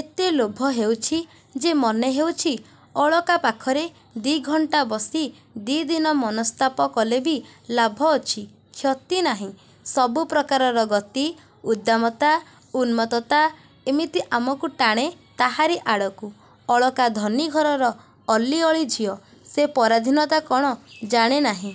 ଏତେ ଲୋଭ ହେଉଛି ଯେ ମନେହେଉଛି ଅଳକା ପାଖରେ ଦି'ଘଣ୍ଟା ବସି ଦି'ଦିନ ମନସ୍ତାପ କଲେ ବି ଲାଭ ଅଛି-କ୍ଷତି ନାହିଁ। -ସବୁ ପ୍ରକାରର ଗତି, ଉଦ୍ଦାମତା, ଉନ୍ମତ୍ତତା ଏମିତି ଆମକୁ ଟାଣେ ତାହାରି ଆଡ଼କୁ। ଅଳକା ଧନୀ ଘରର ଅଲିଅଳି ଝିଅ। ସେ ପରାଧୀନତା କ'ଣ ଜାଣେ ନାହିଁ।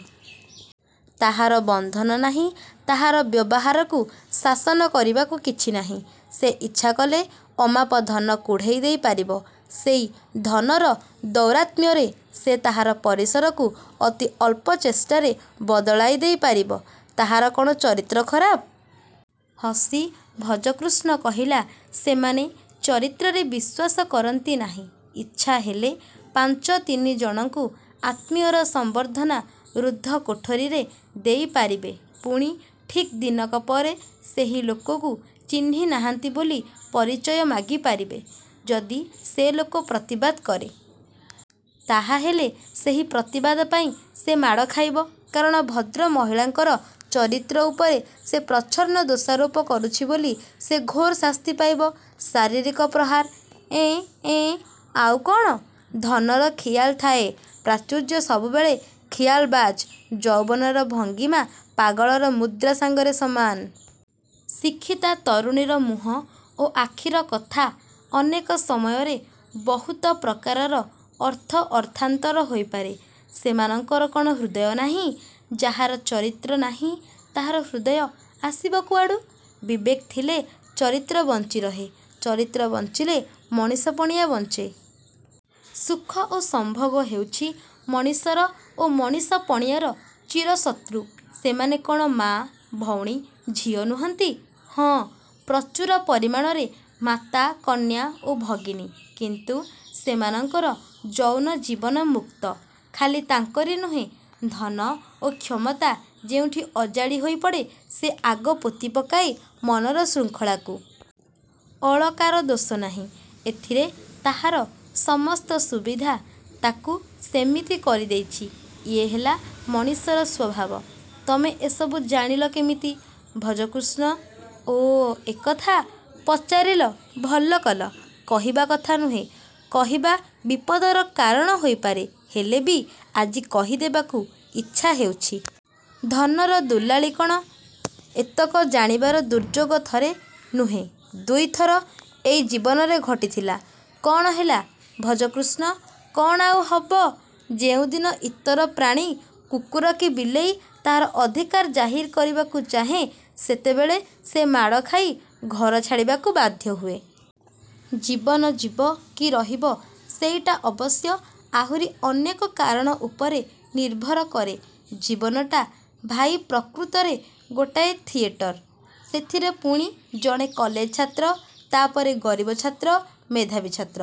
ତାହାର ବନ୍ଧନ ନାହିଁ-। ତାହାର ବ୍ୟବହାରକୁ ଶାସନ କରିବାକୁ କିଛି ନାହିଁ। ସେ ଇଚ୍ଛା କଲେ ଅମାପ ଧନ କୁଢ଼େଇ ଦେଇ ପାରିବ। ସେଇ ଧନର ଦୌରାତ୍ମ୍ୟରେ ସେ ତାହାର ପରିସରକୁ ଅତି ଅଳ୍ପ ଚେଷ୍ଟାରେ ବଦଳାଇ ଦେଇ ପାରିବ। -ତାହାର କ'ଣ ଚରିତ୍ର ଖରାପ? ହସି ଭଜକୃଷ୍ଣ କହିଲା-ସେମାନେ ଚରିତ୍ରରେ ବିଶ୍ୱାସ କରନ୍ତି ନାହିଁ। ଇଚ୍ଛା ହେଲେ ପାଞ୍ଚ ତିନିଜଣଙ୍କୁ ଆତ୍ମୀୟର ସମ୍ବର୍ଦ୍ଧନା ରୁଦ୍ଧ କୋଠରୀରେ ଦେଇ ପାରିବେ। ପୁଣି ଠିକ୍ ଦିନକ ପରେ ସେହି ଲୋକକୁ ଚିହ୍ନି ନାହାଁନ୍ତି ବୋଲି ପରିଚୟ ମାଗି ପାରିବେ। -ଯଦି ସେ ଲୋକ ପ୍ରତିବାଦ କରେ। -ତାହାହେଲେ ସେହି ପ୍ରତିବାଦ ପାଇଁ ସେ ମାଡ଼ ଖାଇବ। କାରଣ ଭଦ୍ରମହିଳାଙ୍କର ଚରିତ୍ର ଉପରେ ସେ ପ୍ରଚ୍ଛନ୍ନ ଦୋଷାରୋପ କରୁଛି ବୋଲି ସେ ଘୋର ଶାସ୍ତି ପାଇବ-ଶାରିରୀକ ପ୍ରହାର। -ଏଁ-ଏଁ। -ଆଉ କ'ଣ? ଧନର ଖିଆଲ ଥାଏ। ପ୍ରାଚୁର୍ଯ୍ୟ ସବୁବେଳେ ଖିଆଲବାଜ୍। ଯୌବନର ଭଙ୍ଗିମା ପାଗଳର ମୁଦ୍ରା ସାଙ୍ଗରେ ସମାନ। ଶିକ୍ଷିତା ତରୁଣୀର ମୁହଁ ଓ ଆଖିର କଥା ଅନେକ ସମୟରେ ବହୁତ ପ୍ରକାରର ଅର୍ଥ ଅର୍ଥାନ୍ତର ହୋଇପାରେ। -ସେମାନଙ୍କର କ'ଣ ହୃଦୟ ନାହିଁ? -ଯାହାର ଚରିତ୍ର ନାହିଁ, ତାହାର ହୃଦୟ ଆସିବ କୁଆଡ଼ୁ? ବିବେକ ଥିଲେ ଚରିତ୍ର ବଞ୍ଚିରହେ। ଚରିତ୍ର ବଞ୍ଚିଲେ ମଣିଷ ପଣିଆ ବଞ୍ଚେ। ସୁଖ ଓ ସମ୍ଭୋଗ ହେଉଛି ମଣିଷର ଓ ମଣିଷ ପଣିଆର ଚିରଶତ୍ରୁ। -ସେମାନେ କ'ଣ ମା, ଭଉଣୀ, ଝିଅ ନୁହଁନ୍ତି? -ହଁ। ପ୍ରଚୁର ପରିମାଣରେ ମାତା, କନ୍ୟା ଓ ଭଗିନୀ କିନ୍ତୁ ସେମାନଙ୍କର ଯୌନ ଜୀବନ ମୁକ୍ତ। ଖାଲି ତାଙ୍କରି ନୁହେଁ ଧନ ଓ କ୍ଷମତା ଯେଉଁଠି ଅଜାଡ଼ି ହୋଇପଡ଼େ ସେ ଆଗ ପୋତିପକାଏ ମନର ଶୃଙ୍ଖଳାକୁ। ଅଳକାର ଦୋଷ ନାହିଁ ଏଥିରେ ତାହାର ସମସ୍ତ ସୁବିଧା ତା'କୁ ସେମିତି କରିଦେଇଛି। ଇଏ ହେଲା ମଣିଷର ସ୍ୱଭାବ। -ତମେ ଏସବୁ ଜାଣିଲ କେମିତି ଭଜକୃଷ୍ଣ? -ଓ, ଏ କଥା? ପଚାରିଲ ଭଲ କଲ? କହିବା କଥା ନୁହେଁ। କହିବା ବିପଦର କାରଣ ହେଇପାରେ। ହେଲେ ବି ଆଜି କହି ଦେବାକୁ ଇଚ୍ଛା ହେଉଛି। ଧନର ଦୁଲାଳୀ କ'ଣ? -ଏତକ ଜାଣିବାର ଦୁର୍ଯ୍ୟୋଗ ଥରେ ନୁହେଁ ଦୁଇଥର ଏଇ ଜୀବନରେ ଘଟିଥିଲା। -କ'ଣ ହେଲା-ଭଜକୃଷ୍ଣ? -କ'ଣ ଆଉ ହବ? ଯେଉଁଦିନ ଇତର ପ୍ରାଣୀ କୁକୁର କି ବିଲେଇ ତାହାର ଅଧିକାର ଜାହିର କରିବାକୁ ଚାହେଁ ସେତେବେଳେ ସେ ମାଡ଼ ଖାଇ ଘର ଛାଡ଼ିବାକୁ ବାଧ୍ୟ ହୁଏ। ଜୀବନ ଯିବ କି ରହିବ-ସେଇଟା ଅବଶ୍ୟ ଆହୁରି ଅନେକ କାରଣ ଉପରେ ନିର୍ଭର କରେ। ଜୀବନଟା ଭାଇ ପ୍ରକୃତରେ ଗୋଟାଏ ଥିଏଟର୍। ସେଥିରେ ପୁଣି ଜଣେ କଲେଜ ଛାତ୍ର-ତା'ପରେ-ଗରିବ ଛାତ୍ର, ମେଧାବୀ ଛାତ୍ର।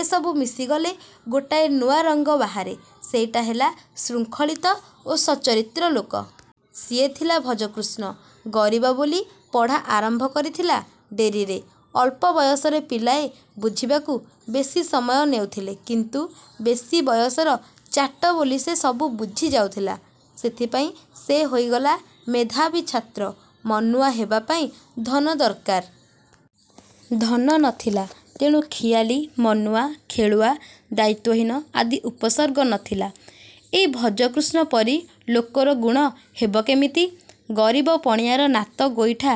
ଏସବୁ ମିଶିଗଲେ ଗୋଟାଏ ନୂଆରଙ୍ଗ ବାହାରେ-ସେଇଟା ହେଲା ଶୃଙ୍ଖଳିତ ଓ ସଚ୍ଚରିତ୍ର ଲୋକ। ସିଏ ଥିଲା ଭଜକୃଷ୍ଣ। ଗରିବ ବୋଲି ପଢ଼ା ଆରମ୍ଭ କରିଥିଲା ଡେରିରେ। ଅଳ୍ପ ବୟସର ପିଲାଏ ବୁଝିବାକୁ ବେଶି ସମୟ ନେଉଥିଲେ, କିନ୍ତୁ ବେଶି ବୟସର ଚାଟ ବୋଲି ସେ ସବୁ ବୁଝି ଯାଉଥିଲା। ସେଥିପାଇଁ ସେ ହୋଇଗଲା ମେଧାବୀ ଛାତ୍ର। ମନୁଆ ହେବାପାଇଁ ଧନ ଦରକାର। ଧନ ନ ଥିଲା। ତେଣୁ ଖିଆଲି, ମନୁଆ, ଖେଳୁଆ, ଦାୟିତ୍ୱହୀନ ଆଦି ଉପସର୍ଗ ନ ଥିଲା। ଏଇ ଭଜକୃଷ୍ଣ ପରି ଲୋକର ଗୁଣ ହେବ କେମିତି? ଗରିବ ପଣିଆର ନାତ ଗୋଇଠା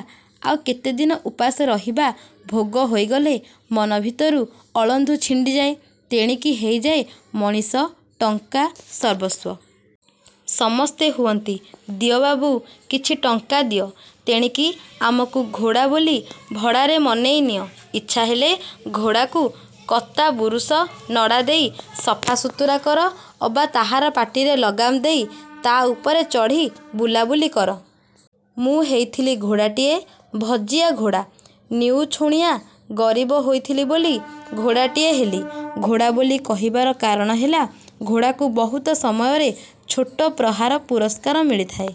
ଆଉ କେତେଦିନ ଉପାସ ରହିବା ଭୋଗ ହୋଇଗଲେ ମନଭିତରୁ ଅଳନ୍ଧୁ ଛିଣ୍ଡିଯାଏ। ତେଣିକି ହେଇଯାଏ ମଣିଷ ଟଙ୍କା-ସର୍ବସ୍ୱ। ସମସ୍ତେ ହୁଅନ୍ତି। -ଦିଅ ବାବୁ କିଛି ଟଙ୍କା ଦିଅ। ତେଣିକି ଆମକୁ ଘୋଡ଼ା ବୋଲି ଭଡ଼ାରେ ମନେଇ ନିଅ-। ଇଚ୍ଛା ହେଲେ ଘୋଡ଼ାକୁ କତା ବୁରୁସ, ନଡ଼ା ଦେଇ ସଫାସୁତୁରା କର ଅବା ତାହାର ପାଟିରେ ଲଗାମ ଦେଇ ତା'ର ଉପରେ ଚଢ଼ି ବୁଲାବୁଲି କର। ମୁଁ ହେଇଥିଲି ଘୋଡ଼ାଟିଏ-ଭଜିଆ ଘୋଡ଼ା। ନିଉଛୁଣିଆ ଗରିବ ହୋଇଥିଲି ବୋଲି ଘୋଡ଼ାଟିଏ ହେଲି। ଘୋଡ଼ା ବୋଲି କହିବାର କାରଣ ହେଲା-ଘୋଡ଼ାକୁ ବହୁତ ସମୟରେ ଛାଟ ପ୍ରହାର ପୁରସ୍କାର ମିଳିଥାଏ।